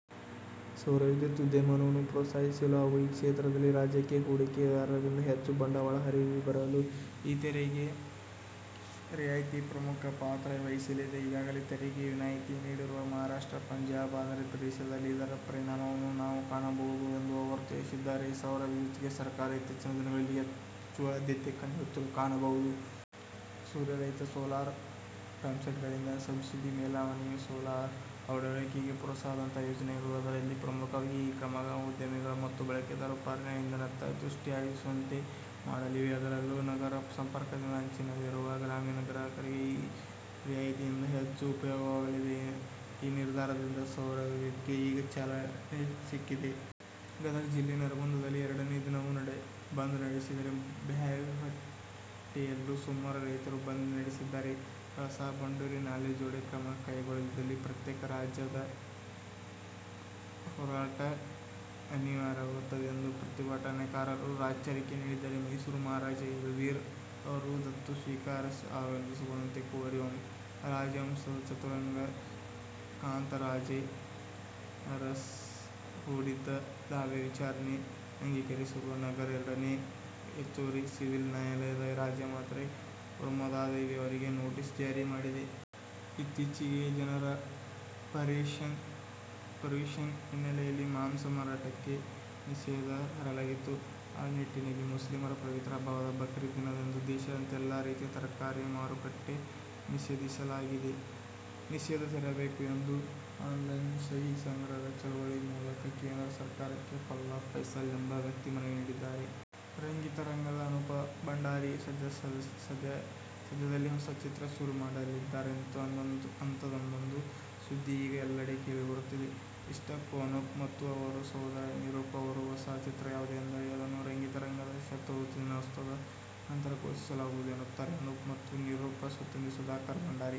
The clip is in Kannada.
ಸೌರವಿದ್ಯುತ್ ಉದ್ಯಮವನ್ನು ಪ್ರೋತ್ಸಾಹಿಸಲು ಹಾಗೂ ಈ ಕ್ಷೇತ್ರದಲ್ಲಿ ರಾಜ್ಯಕ್ಕೆ ಹೂಡಿಕೆದಾರರಿಂದ ಹೆಚ್ಚು ಬಂಡವಾಳ ಹರಿದು ಬರಲು ಈ ತೆರಿಗೆ ರಿಯಾಯ್ತಿ ಪ್ರಮುಖ ಪಾತ್ರ ವಹಿಸಲಿದೆ. ಈಗಾಗಲೇ ತೆರಿಗೆ ವಿನಾಯ್ತಿ ನೀಡಿರುವ ಮಹಾರಾಷ್ಟ್ರ, ಪಂಜಾಬ್, ಆಂಧ್ರಪ್ರದೇಶದಲ್ಲಿ ಇದರ ಪರಿಣಾಮವನ್ನು ನಾವು ಕಾಣಬಹುದು ಎಂದು ಅವರು ತಿಳಿಸಿದ್ದಾರೆ. ಸೌರವಿದ್ಯುತ್ಗೆ ಸರ್ಕಾರ ಇತ್ತೀಚಿನ ದಿನಗಳಲ್ಲಿ ಹೆಚ್ಚು ಆದ್ಯತೆ ನೀಡುತ್ತಿರುವುದನ್ನು ಕಾಣಬಹುದು. ಸೂರ್ಯ ರೈತ, ಸೋಲಾರ್ ಪಂಪ್ಸೆಟ್ಗಳಿಗೆ ಸಬ್ಸಿಡಿ, ಮೇಲ್ಛಾವಣಿ ಸೋಲಾರ್ ಅಳವಡಿಕೆಗೆ ಪ್ರೋತ್ಸಾಹದಂತಹ ಯೋಜನೆಗಳು ಅದರಲ್ಲಿ ಪ್ರಮುಖವಾಗಿವೆ. ಈ ಕ್ರಮಗಳು ಉದ್ಯಮಿಗಳು ಮತ್ತು ಬಳಕೆದಾರರು ಪರ್ಯಾಯ ಇಂಧನದತ್ತ ದೃಷ್ಟಿ ಹಾಯಿಸುವಂತೆ ಮಾಡಲಿವೆ. ಅದರಲ್ಲೂ ನಗರ ಸಂಪರ್ಕದಿಂದ ಅಂಚಿನಲ್ಲಿರುವ ಗ್ರಾಮೀಣ ಗ್ರಾಹಕರಿಗೆ ಈ ರಿಯಾಯ್ತಿಯಿಂದ ಹೆಚ್ಚು ಉಪಯೋಗವಾಗಲಿದೆ. ಈ ನಿರ್ಧಾರದಿಂದ ಸೌರಯುಗಕ್ಕೆ ಈಗ ಚಾಲನೆ ಸಿಕ್ಕಿದೆ. ಗದಗ ಜಿಲ್ಲೆ ನರಗುಂದದಲ್ಲಿ ಎರಡನೇ ದಿನವೂ ಬಂದ್ ನಡೆಸಿದರೆ, ಬ್ಯಾಹಟ್ಟಿಯಲ್ಲೂ ಸೋಮವಾರ ರೈತರು ಬಂದ್ನಡೆಸಿದ್ದಾರೆ. ಕಳಸಾ ಬಂಡೂರಿ ನಾಲೆ ಜೋಡಣೆಗೆ ಕ್ರಮ ಕೈಗೊಳ್ಳದಿದ್ದಲ್ಲಿ ಪ್ರತ್ಯೇಕ ರಾಜ್ಯದ ಹೋರಾಟ ಅನಿವಾರ್ಯವಾಗುತ್ತದೆ ಎಂದು ಪ್ರತಿಭಟನಾಕಾರರು ಎಚ್ಚರಿಕೆ ನೀಡಿದ್ದಾರೆ. ಮೈಸೂರು ಮಹಾರಾಜ ಯದುವೀರ್ ಅವರ ದತ್ತು ಸ್ವೀಕಾರ ಅಸಿಂಧುಗೊಳಿಸುವಂತೆ ಕೋರಿ ರಾಜವಂಶಸ್ಥ ಚದುರಂಗ ಕಾಂತರಾಜೇ ಅರಸ್ ಹೂಡಿದ್ದ ದಾವೆ ವಿಚಾರಣೆಗೆ ಅಂಗೀಕರಿಸಿರುವ ನಗರ ಎರಡನೇ ಹೆಚ್ಚುವರಿ ಸಿವಿಲ್ ನ್ಯಾಯಾಲಯ ರಾಜಮಾತೆ ಪ್ರಮೋದಾದೇವಿ ಅವರಿಗೆ ನೋಟಿಸ್ ಜಾರಿ ಮಾಡಿದೆ. ಇತ್ತೀಚೆಗೆ ಜೈನರ ಪರ್ಯೂಷನ್ ಹಿನ್ನೆಲೆಯಲ್ಲಿ ಮಾಂಸ ಮಾರಾಟಕ್ಕೆ ನಿಷೇಧ ಹೇರಲಾಗಿತ್ತು. ಆ ನಿಟ್ಟಿನಲ್ಲಿ ಮುಸ್ಲಿಮರ ಪವಿತ್ರ ಹಬ್ಬವಾದ ಬಕ್ರೀದ್ ದಿನದಂದು ದೇಶಾದ್ಯಂತ ಎಲ್ಲಾ ರೀತಿಯ ತರಕಾರಿ ಮಾರಾಟಕ್ಕೆ ನಿಷೇಧ ಹೇರಬೇಕು ಎಂದು ಆನ್ ಲೈನ್ ಸಹಿ ಸಂಗ್ರಹ ಚಳವಳಿ ಮೂಲಕ ಕೇಂದ್ರ ಸರ್ಕಾರಕ್ಕೆ ಫಲಾಹ್ ಫೈಸಲ್ ಎಂಬ ವ್ಯಕ್ತಿ ಮನವಿ ಮಾಡಿಕೊಂಡಿದ್ದಾರೆ! ರಂಗಿತರಂಗದ ಅನೂಪ್ ಭಂಡಾರಿ ಸದ್ಯದಲ್ಲೇ ಹೊಸ ಚಿತ್ರ ಶುರು ಮಾಡಲಿದ್ದಾರಂತೆ. ಅಂಥದ್ದೊಂದು ಸುದ್ದಿ ಈಗ ಎಲ್ಲೆಡೆ ಕೇಳಿ ಬರುತ್ತಿದೆ. ಇಷ್ಟಕ್ಕೂ ಅನೂಪ್ ಮತ್ತು ಅವರ ಸಹೋದರ ನಿರೂಪ್ ಅವರ ಹೊಸ ಚಿತ್ರ ಯಾವುದು ಎಂದರೆ, ಅದನ್ನು "ರಂಗಿತರಂಗ'ದ ಶತದಿನೋತ್ಸವದ ನಂತರ ಘೋಷಿಸಲಾಗುವುದು ಎನ್ನುತ್ತಾರೆ ಅನೂಪ್ ಮತ್ತು ನಿರೂಪ್ರ ತಂದೆ ಸುಧಾಕರ್ ಭಂಡಾರಿ.